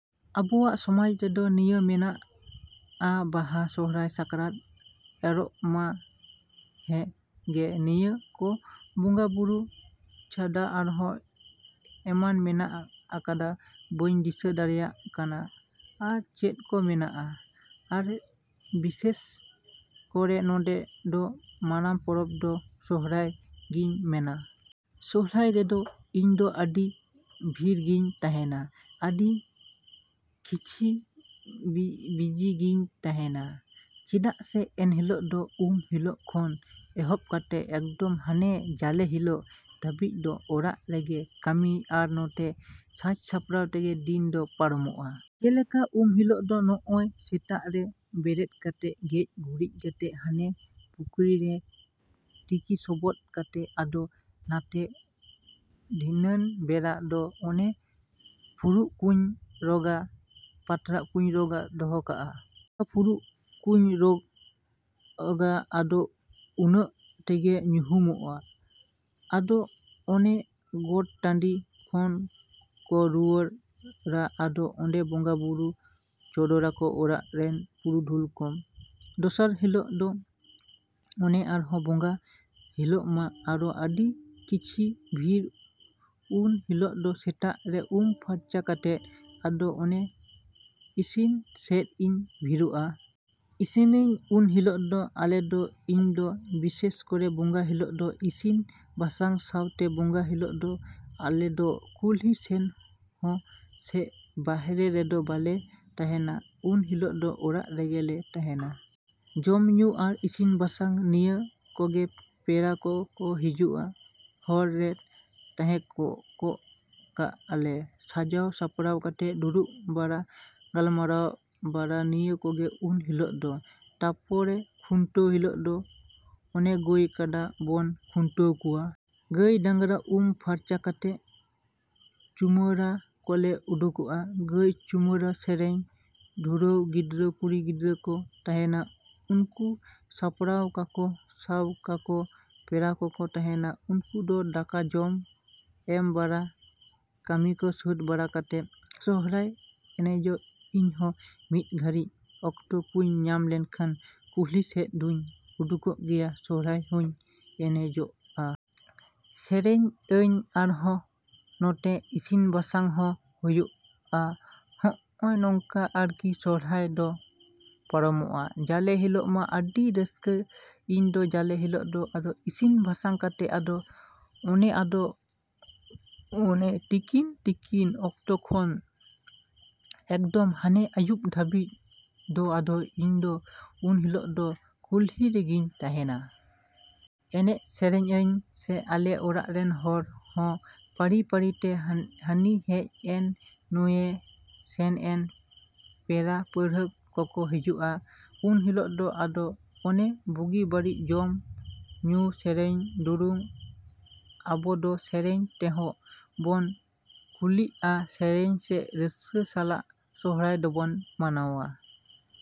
ᱟᱵᱚᱣᱟᱜ ᱥᱚᱢᱟᱡᱽ ᱨᱮᱫᱚ ᱱᱤᱭᱟᱹ ᱢᱮᱱᱟᱜᱼᱟ ᱵᱟᱦᱟ, ᱥᱚᱦᱚᱨᱟᱭ, ᱥᱟᱠᱨᱟᱛ, ᱮᱨᱚᱜ, ᱢᱟ ᱦᱮᱸᱜᱼᱮ ᱱᱤᱭᱟᱹ ᱠᱚ ᱵᱚᱸᱜᱟᱼᱵᱩᱨᱩ ᱪᱟᱰᱟ ᱟᱨᱦᱚ ᱮᱢᱟᱱ ᱢᱮᱱᱟᱜ ᱠᱟᱫᱟ ᱵᱟᱹᱧ ᱫᱤᱥᱟᱹ ᱫᱟᱬᱮᱭᱟᱜ ᱠᱟᱱᱟ᱾ ᱟᱨ ᱪᱮᱫ ᱠᱚ ᱢᱮᱱᱟᱜᱼᱟ᱾ ᱟᱨ ᱵᱤᱥᱮᱥ ᱠᱚᱨᱮ ᱱᱚᱸᱰᱮ ᱫᱚ ᱢᱟᱨᱟᱝ ᱯᱚᱨᱚᱵᱽ ᱫᱚ ᱥᱚᱦᱚᱨᱟᱭ ᱜᱤᱧ ᱢᱮᱱᱟ ᱾ ᱥᱚᱦᱚᱨᱟᱭ ᱨᱮᱫᱚ ᱤᱧᱫᱚ ᱟᱹᱰᱤ ᱵᱷᱤᱲ ᱜᱤᱧ ᱛᱟᱦᱮᱸᱱᱟ, ᱟᱹᱰᱤ ᱠᱷᱤᱪᱤ ᱵᱤᱡᱤ ᱜᱤᱧ ᱛᱟᱦᱮᱸᱱᱟ ᱪᱮᱫᱟᱜ ᱥᱮ ᱮᱱᱦᱤᱞᱳᱜ ᱫᱚ ᱩᱢ ᱦᱤᱞᱳᱜ ᱠᱷᱚᱱ ᱮᱦᱚᱵ ᱠᱟᱛᱮᱫ ᱮᱠᱫᱚᱢ ᱦᱟᱱᱮᱸ ᱡᱟᱞᱮ ᱦᱤᱞᱳᱜ ᱫᱷᱟᱹᱵᱤᱡ ᱫᱚ ᱚᱲᱟᱜ ᱨᱮᱱᱟᱜ ᱠᱟᱹᱢᱤ, ᱟᱨ ᱱᱚᱛᱮ ᱥᱟᱡᱽ ᱥᱟᱯᱲᱟᱣ ᱛᱮᱜᱮ ᱫᱤᱱ ᱫᱚ ᱯᱟᱨᱚᱢᱚᱜᱼᱟ᱾ ᱡᱮᱞᱮᱠᱟ ᱩᱢ ᱦᱤᱞᱳᱜ ᱫᱚ ᱱᱚᱜᱼᱚᱭ ᱥᱮᱛᱟᱜ ᱨᱮ ᱵᱮᱨᱮᱫ ᱠᱟᱛᱮᱫ ᱜᱮᱡ ᱜᱩᱨᱤᱡ ᱠᱟᱛᱮᱫ ᱦᱟᱱᱮ ᱯᱩᱠᱷᱨᱤ ᱨᱮ ᱛᱤᱠᱤ ᱥᱚᱵᱚᱫᱽ ᱠᱟᱛᱮᱫᱽ ᱟᱫᱚ ᱱᱟᱛᱮ ᱫᱷᱤᱱᱟᱹᱱ ᱵᱮᱲᱟ ᱫᱚ ᱚᱱᱮ ᱯᱷᱩᱲᱩᱜ ᱠᱩᱧ ᱨᱚᱜᱟ ᱾ ᱯᱟᱛᱲᱟ ᱠᱩᱸᱧ ᱨᱚᱜ ᱫᱚᱦᱚ ᱠᱟᱜᱼᱟ᱾ ᱵᱚᱸᱜᱟ ᱯᱷᱩᱲᱩᱜ ᱠᱩᱸᱧ ᱨᱚᱜᱟ ᱟᱫᱚ ᱩᱱᱟᱹᱜ ᱛᱮᱜᱮ ᱧᱩᱦᱩᱢᱚᱜᱼᱟ ᱟᱫᱚ ᱚᱱᱮ ᱜᱚᱴ ᱴᱟᱹᱰᱤ ᱠᱷᱚᱱ ᱠᱚ ᱨᱩᱣᱟᱹᱲᱟ ᱟᱫᱚ ᱚᱱᱮ ᱵᱚᱸᱜᱟᱼᱵᱩᱨᱩ ᱪᱚᱰᱚᱨᱟᱠᱚ ᱚᱲᱟᱜ ᱨᱮᱱ ᱯᱩᱨᱩᱫᱷᱩᱞ ᱠᱚ᱾ ᱫᱚᱥᱟᱨ ᱦᱤᱞᱳᱜ ᱫᱚ ᱚᱱᱮ ᱟᱨᱦᱚᱸ ᱵᱚᱸᱜᱟ ᱦᱤᱞᱳᱜ ᱢᱟ ᱟᱨᱦᱚᱸ ᱟᱹᱰᱤ ᱠᱷᱤᱪᱤ ᱵᱷᱤᱲ ᱩᱱ ᱦᱤᱞᱳᱜ ᱫᱚ ᱥᱮᱛᱟᱜ ᱨᱮ ᱩᱢ ᱯᱷᱟᱨᱪᱟ ᱠᱟᱛᱮᱫ ᱟᱫᱚ ᱚᱱᱮ ᱤᱥᱤᱱ ᱥᱮᱫᱽ ᱤᱧ ᱵᱷᱤᱲᱟᱹᱜᱼᱟ ᱾ ᱤᱥᱤᱱᱟᱹᱧ ᱩᱱ ᱦᱤᱞᱳᱜ ᱫᱚ ᱟᱞᱮ ᱫᱚ, ᱤᱧᱫᱚ ᱵᱤᱥᱮᱥ ᱠᱚᱨᱮ ᱵᱚᱸᱜᱟ ᱦᱤᱞᱳᱜ ᱫᱚ ᱤᱥᱤᱱ ᱵᱟᱥᱟᱝ ᱥᱟᱶᱛᱮ, ᱵᱚᱸᱜᱟ ᱦᱤᱞᱳᱜ ᱫᱚ ᱟᱞᱮ ᱫᱚ ᱠᱩᱞᱦᱤ ᱥᱮᱱ ᱦᱚᱸ ᱥᱮ ᱵᱟᱦᱟᱨᱮ ᱨᱮᱫᱚ ᱵᱟᱞᱮ ᱛᱟᱦᱮᱸᱱᱟ ᱩᱱ ᱦᱤᱞᱳᱜ ᱫᱚ ᱚᱲᱟᱜ ᱨᱮᱜᱮᱞᱮ ᱛᱟᱦᱮᱸᱱᱟ᱾ ᱡᱚᱢ ᱧᱩ ᱟᱨ ᱤᱥᱤᱱ ᱵᱟᱥᱟᱝ ᱱᱤᱭᱟᱹ ᱠᱚᱜᱮ ᱯᱮᱲᱟ ᱠᱚᱠᱚ ᱦᱤᱡᱩᱜ ᱦᱚᱨ ᱨᱮ ᱛᱟᱦᱮᱸᱜ ᱠᱚᱭᱚᱜ ᱠᱟᱜᱼᱟ ᱞᱮ ᱥᱟᱡᱟᱣ ᱥᱟᱯᱲᱟᱣ ᱠᱟᱛᱮᱫ ᱫᱩᱲᱩᱵ ᱵᱟᱲᱟ, ᱜᱟᱞᱢᱟᱨᱟᱣ ᱵᱟᱲᱟ ᱱᱤᱭᱟᱹ ᱠᱚᱜᱮ ᱩᱱ ᱦᱤᱞᱳᱜ ᱫᱚ᱾ ᱛᱟᱨᱯᱚᱨᱮ ᱠᱷᱩᱱᱴᱟᱹᱣ ᱦᱤᱞᱳᱜ ᱫᱚ ᱚᱱᱮ ᱜᱟᱹᱭ ᱠᱟᱰᱟ ᱵᱚᱱ ᱠᱷᱩᱱᱴᱟᱹᱣ ᱠᱚᱣᱟ ᱾ ᱜᱟᱹᱭ ᱰᱟᱝᱨᱟ ᱩᱢ ᱯᱷᱟᱨᱪᱟ ᱠᱟᱛᱮᱫ ᱪᱩᱢᱟᱹᱲᱟ ᱠᱚᱞᱮ ᱩᱰᱩᱠᱚᱜᱼᱟ, ᱜᱟᱹᱭ ᱪᱩᱢᱟᱹᱲᱟ, ᱥᱮᱨᱮᱧ ᱫᱩᱨᱟᱹᱝ ᱜᱤᱫᱽᱨᱟᱹ ᱠᱩᱲᱤ ᱜᱤᱫᱽᱨᱟᱹ ᱠᱚ ᱛᱟᱦᱮᱸᱱᱟ ᱩᱱᱠᱩ ᱥᱟᱯᱲᱟᱣ ᱠᱟᱠᱚ ᱥᱟᱶᱟᱨ ᱠᱟᱠᱚ ᱯᱮᱲᱟ ᱠᱚᱠᱚ ᱛᱟᱦᱮᱸᱱᱟ ᱩᱱᱠᱩ ᱦᱚᱸ ᱫᱟᱠᱟ ᱡᱚᱢ ᱮᱢ ᱵᱟᱲᱟ ᱠᱟᱹᱢᱤᱠᱚ ᱥᱟᱹᱛ ᱵᱟᱲᱟ ᱠᱟᱛᱮ, ᱥᱚᱦᱚᱨᱟᱭ ᱮᱱᱮᱡᱚᱜ ᱤᱧᱦᱚᱸ ᱢᱤᱫ ᱜᱷᱟᱹᱲᱤᱡ ᱚᱠᱛᱚ ᱠᱩᱧ ᱧᱟᱢ ᱞᱮᱠᱷᱟᱱ, ᱠᱩᱞᱦᱤ ᱥᱮᱫ ᱫᱩᱧ ᱩᱰᱩᱠᱚᱜ ᱜᱮᱭᱟ, ᱥᱚᱦᱚᱨᱟᱭ ᱦᱚᱸᱧ ᱮᱱᱮᱡᱚᱜᱼᱟ ᱾ ᱥᱮᱨᱮᱧ ᱟᱹᱧ ᱟᱨᱦᱚᱸ ᱱᱚᱛᱮ ᱤᱥᱤᱱ ᱵᱟᱥᱟᱝ ᱦᱚᱸ ᱦᱩᱭᱩᱜᱼᱟ ᱦᱚᱸᱜᱼᱚ ᱱᱚᱝᱠᱟ ᱟᱨᱠᱤ ᱥᱚᱦᱚᱨᱟᱭ ᱫᱚ ᱯᱟᱨᱚᱢᱚᱜᱼᱟ ᱾ ᱡᱟᱞᱮ ᱦᱤᱞᱳᱜ ᱢᱟ ᱟᱹᱰᱤ ᱨᱟᱹᱥᱠᱟᱹ ᱤᱧ ᱫᱚ ᱡᱟᱞᱮ ᱦᱤᱞᱳᱜ ᱫᱚ ᱟᱫᱚ ᱤᱥᱤᱱ ᱵᱟᱥᱟᱝ ᱠᱟᱛᱮᱫ ᱟᱫᱚ ᱚᱱᱮ ᱟᱫᱚ ᱚᱱᱮ ᱛᱤᱠᱤᱱ ᱛᱤᱠᱤᱱ ᱚᱠᱛᱮ ᱠᱷᱚᱱ ᱮᱠᱫᱚᱢ ᱦᱟᱱᱮ ᱟᱹᱭᱩᱵ ᱫᱷᱟᱹᱵᱤᱡ ᱫᱚ ᱟᱫᱚ ᱤᱧᱫᱚ ᱩᱱ ᱦᱤᱞᱳᱜ ᱫᱚ ᱠᱩᱞᱦᱤ ᱨᱮᱜᱮᱧ ᱛᱟᱦᱮᱸᱱᱟ᱾ ᱮᱱᱮᱡ ᱥᱮᱨᱮᱧ ᱟᱹᱧ, ᱥᱮ ᱟᱞᱮ ᱚᱲᱟᱜ ᱨᱮᱱ ᱦᱚᱲ ᱦᱚᱸ ᱯᱟᱹᱨᱤ ᱯᱟᱹᱨᱤᱛᱮ ᱦᱟᱹᱱᱤ ᱦᱮᱡ ᱮᱱᱟ ᱱᱩᱭᱮ ᱥᱮᱱ ᱮᱱᱟ, ᱯᱮᱲᱟ ᱯᱟᱹᱲᱦᱟᱹ ᱠᱚᱠᱚ ᱦᱤᱡᱩᱜᱼᱟ ᱾ ᱩᱱ ᱦᱤᱞᱳᱜ ᱫᱚ ᱟᱫᱚ ᱚᱱᱮ ᱵᱩᱜᱤ ᱵᱟᱲᱤᱡ ᱡᱚᱢ ᱧᱩ ᱥᱮᱨᱮᱧ ᱫᱩᱨᱩᱝ ,ᱟᱵᱚ ᱫᱚ ᱥᱮᱨᱮᱧ ᱛᱮᱦᱚᱸ ᱵᱚᱱ ᱠᱩᱞᱤᱜᱼᱟ ᱥᱮᱨᱮᱧ, ᱥᱮ ᱨᱟᱹᱥᱠᱟ ᱥᱟᱞᱟᱜ ᱥᱚᱦᱚᱨᱟᱭ ᱫᱚᱵᱚᱱ ᱢᱟᱱᱟᱣᱼᱟ᱾